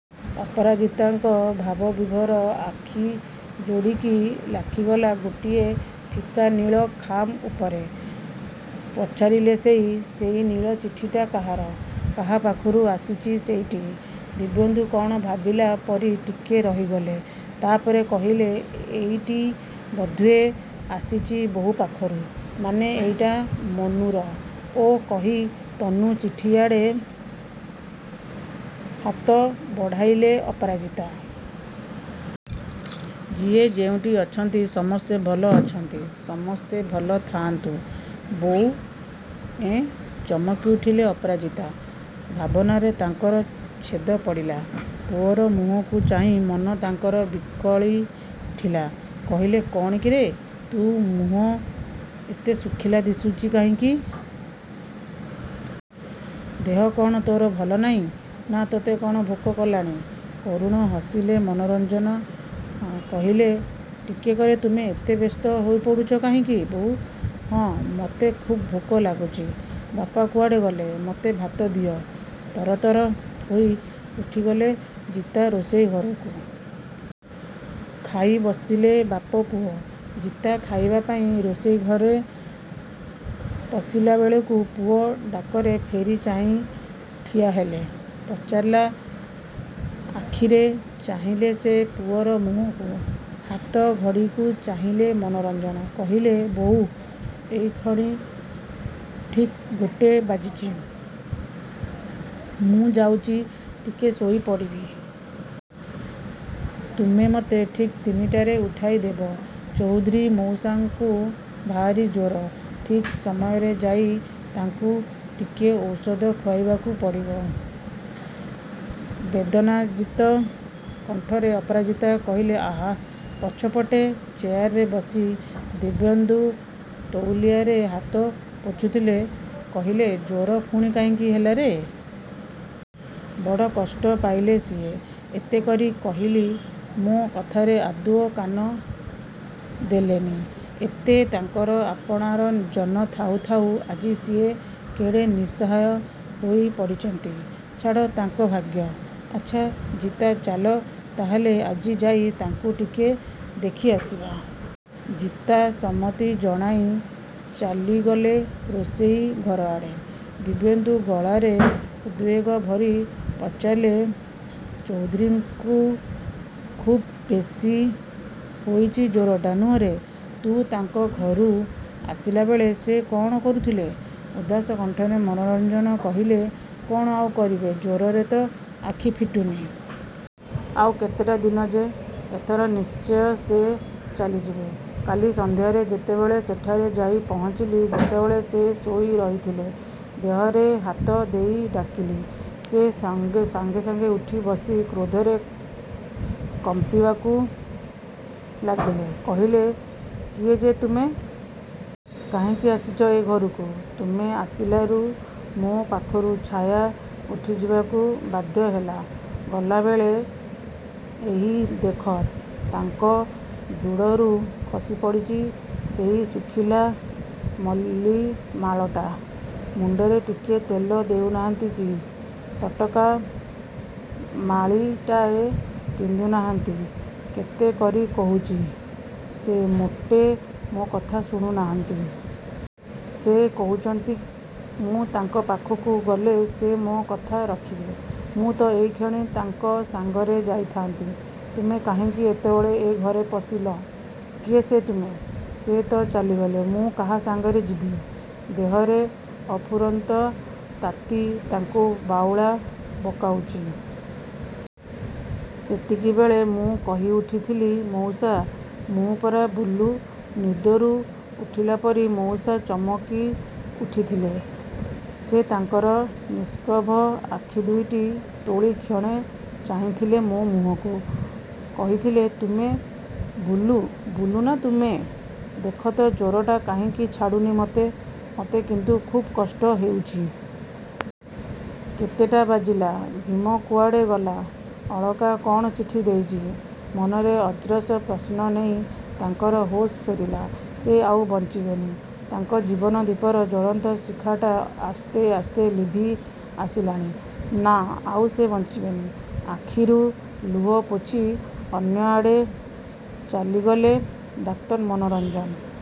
ଅପରାଜିତାଙ୍କ ଭାବବିଭୋର ଆଖିଯୋଡ଼ିକି ଲାଖିଗଲା ଗୋଟିଏ ଫିକାନୀଳ ଖାମ୍ ଉପରେ। ପଚାରିଲେସେଇ, ସେଇ ନୀଳ ଚିଠିଟା କାହାର। କାହାପାଖରୁ ଆସିଛି ସେଇଟି। ଦିବ୍ୟେନ୍ଦୁ କ'ଣ ଭାବିଲା ପରି ଟିକିଏ ରହିଗଲେ। ତାପରେ କହିଲେ, ଏଇଟି ବୋଧହୁଏ ଆସିଛି ବୋହୂ ପାଖରୁ। ମାନେ ଏଟା ମନୁର। ' ଓ, କହି, ତନୁ ଚିଠିଆଡ଼େ ହାତ ବଢ଼ାଇଲେ ଅପରାଜିତା। ଯିଏ ଯେଉଁଠି ଅଛନ୍ତି, ସମସ୍ତେ ଭଲ ଅଛନ୍ତି। ସମସ୍ତେ ଭଲ ଥାଆନ୍ତୁ। ବୋଉ! ଏଁ ଚମକିଉଠିଲେ ଅପରାଜିତା। ଭାବନାରେ ତାଙ୍କର ଛେଦ ପଡ଼ିଲା। ପୁଅର ମୁହଁକୁ ଚାହିଁ ମନ ତାଙ୍କର ବିକଳି ଉଠିଲା। କହିଲେ କ'ଣ କିରେ! ତୋ ମୁହଁ ଏତେ ଶୁଖିଲା ଦିଶୁଛି କାହିଁକି? ଦେହ କ'ଣ ତୋର ଭଲ ନାହିଁ? ନା, ତୋତେ କ'ଣ ଭୋକ କଲାଣି। କରୁଣ ହସିଲେ ମନୋରଞ୍ଜନ, କହିଲେ ଟିକକରେ ତୁମେ ଏତେ ବ୍ୟସ୍ତ ହୋଇପଡ଼ୁଛ କାହିଁକି ବୋଉ। ହଁ, ମତେ ଖୁବ୍ ଭୋକ ଲାଗୁଛି। ବାପା କୁଆଡ଼େ ଗଲେ, ମତେ ଭାତ ଦିଅ। ତରତର ହୋଇ ଉଠିଗଲେ ଜିତା ରୋଷେଇ ଘରକୁ। ଖାଇବସିଲେ ବାପ, ପୁଅ। ଜିତା ଖାଇବା ପାଇଁ ରୋଷେଇ ଘରେ ପଶିଲାବେଳକୁ ପୁଅ ଡାକରେ ଫେରି ଚାହିଁ ଠିଆହେଲେ। ପଚାରିଲା ଆଖିରେ ଚାହିଁଲେ ସେ ପୁଅର ମୁହଁକୁ। ହାତ ଘଡ଼ିକୁ ଚାହିଁଲେ ମନୋରଞ୍ଜନ। କହିଲେ ବୋଉ ଏଇକ୍ଷଣି ଠିକ୍ ଗୋଟେ ବାଜିଛି। ମୁଁ ଯାଉଛି ଟିକେ ଶୋଇପଡ଼ିବି। ତୁମେ ମତେ ଠିକ୍ ତିନିଟାରେ ଉଠାଇଦେବ। ଚୌଧୁରୀ ମଉସାଙ୍କୁ ଭାରି ଜ୍ୱର। ଠିକ୍ ସମୟରେ ଯାଇ ତାଙ୍କୁ ଟିକିଏ ଔଷଧ ଖୁଆଇବାକୁ ପଡ଼ିବ। ବେଦନାଯିତ କଣ୍ଠରେ ଅପରାଜିତା କହିଲେ ଆହା! ପଛପଟେ ଚେୟାରରେ ବସି ଦିବ୍ୟେନ୍ଦୁ ତଉଲିଆରେ ହାତ ପୋଛୁଥିଲେ, କହିଲେ ଜ୍ୱର ପୁଣି କାହିଁକି ହେଲାରେ? ବଡ଼ କଷ୍ଟ ପାଇଲେ ସିଏ। ଏତେ କରି କହିଲି, ମୋ କଥାରେ ଆଦୌ କାନ ଦେଲେନି। ଏତେ ତାଙ୍କର ଆପଣାର ଜନ ଥାଉ ଥାଉ ଆଜି ସିଏ କେଡ଼େ ନିଃସହାୟ ହୋଇପଡ଼ିଛନ୍ତି। ଛାଡ଼ ତାଙ୍କ ଭାଗ୍ୟ। ଆଚ୍ଛା ଜିତା ଚାଲ ତାହେଲେ ଆଜି ଯାଇ ତାଙ୍କୁ ଟିକିଏ ଦେଖିଆସିବା। ଜିତା ସମ୍ମତି ଜଣାଇ ଚାଲିଗଲେ ରୋଷେଇ ଘରଆଡ଼େ। ଦିବ୍ୟେନ୍ଦୁ ଗଳାରେ ଉଦ୍ବେଗ ଭରି ପଚାରିଲେ ଚୌଧୁରୀଙ୍କୁ ଖୁବ୍ ବେଶୀ ହୋଇଛି ଜ୍ୱରଟା ନୁହେଁରେ? ତୁ ତାଙ୍କ ଘରୁ ଆସିଲାବେଳେ ସେ କ'ଣ କରୁଥିଲେ? ଉଦାସ କଣ୍ଠରେ ମନୋରଞ୍ଜନ କହିଲେ କ'ଣ ଆଉ କରିବେ ଜ୍ୱରରେ ତ ଆଖିଫିଟୁନି। ଆଉ କେତେଟା ଦିନ ଯେ, ଏଥର ନିଶ୍ଚୟ ସେ ଚାଲିଯିବେ। କାଲି ସନ୍ଧ୍ୟାରେ ଯେତେବେଳେ ସେଠାରେ ଯାଇ ପହଞ୍ଚିଲି ସେତେବେଳେ ସେ ଶୋଇ ରହିଥିଲେ। ଦେହରେ ହାତ ଦେଇ ଡାକିଲି। ସେ ସାଙ୍ଗେ ସାଙ୍ଗେ ଉଠି ବସି କ୍ରୋଧରେ କମ୍ପିବାକୁ ଲାଗିଲେ। କହିଲେ କିଏ, ଯେ ତୁମେ? କାହିଁକି ଆସିଛ ଏ ଘରକୁ? ତୁମେ ଆସିଲାରୁ ମୋ ପାଖରୁ ଛାୟା ଉଠିଯିବାକୁ ବାଧ୍ୟହେଲା। ଗଲାବେଳେ, ହେଇ ଦେଖ ତାଙ୍କ ଜୁଡ଼ରୁ ଖସିପଡ଼ିଛି ସେଇ ଶୁଖିଲା ମଲ୍ଲୀମାଳଟା। ମୁଣ୍ଡରେ ଟିକିଏ ତେଲ ଦେଉନାହାନ୍ତି କି, ତଟକା ମାଳିଟାଏ ପିନ୍ଧୁନାହାନ୍ତି। କେତେ କରି କହୁଛି, ସେ ମୋଟେ ମୋ କଥା ଶୁଣୁନାହାନ୍ତି। ସେ କହୁଛନ୍ତି ମୁଁ ତାଙ୍କ ପାଖକୁ ଗଲେ ସେ ମୋ କଥା ରଖିବେ। ମୁଁ ତ ଏଇକ୍ଷଣି ତାଙ୍କ ସାଙ୍ଗରେ ଯାଇଥାନ୍ତି। ତୁମେ କାହିଁକି ଏତେବେଳେ ଏ ଘରେ ପଶିଲ? କିଏ ସେ ତୁମେ? ସେ ତ ଚାଲିଗଲେ, ମୁଁ କାହା ସାଙ୍ଗରେ ଯିବି? ଦେହରେ ଅଫୁରନ୍ତ ତାତି ତାଙ୍କୁ ବାଉଳା ବକାଉଛି। ସେତିକିବେଳେ ମୁଁ କହିଉଠିଥିଲି ମଉସା, ମୁଁ ପରା ବୁଲୁ। ନିଦରୁ ଉଠିଲାପରି ମଉସା ଚମକିଉଠିଥିଲେ। ସେ ତାଙ୍କର ନିଷ୍ପ୍ରଭ ଆଖିଦୁଇଟି ତୋଳି କ୍ଷଣେ ଚାହିଁଥିଲେ ମୋ ମୁହଁକୁ। କହିଥିଲେ ତୁମେ, ବୁଲୁ, ବୁଲୁ ନା ତୁମେ? ଦେଖ ତ ଜ୍ୱରଟା କାହିଁକି ଛାଡ଼ୁନି ମତେ? ମତେ କିନ୍ତୁ ଖୁବ୍ କଷ୍ଟ ହେଉଛି। କେତେଟା ବାଜିଲା? ଭୀମ କୁଆଡ଼େ ଗଲା? ଅଳକା କ'ଣ ଚିଠି ଦେଇଛି? ମନରେ ଅଜସ୍ର ପ୍ରଶ୍ନ ନେଇ ତାଙ୍କର ହୋସ୍ ଫେରିଲା। ସେ ଆଉ ବଞ୍ଚିବେନି। ତାଙ୍କ ଜୀବନ ଦୀପର ଜ୍ୱଳନ୍ତ ଶିଖାଟା ଆସ୍ତେ ଆସ୍ତେ ଲିଭି ଆସିଲାଣି। ନାଁ ଆଉ ସେ ବଞ୍ଚିବେନି। ଆଖିରୁ ଲୁହ ପୋଛି ଅନ୍ୟଆଡ଼େ ଚାଲିଗଲେ ଡାକ୍ତର ମନୋରଞ୍ଜନ।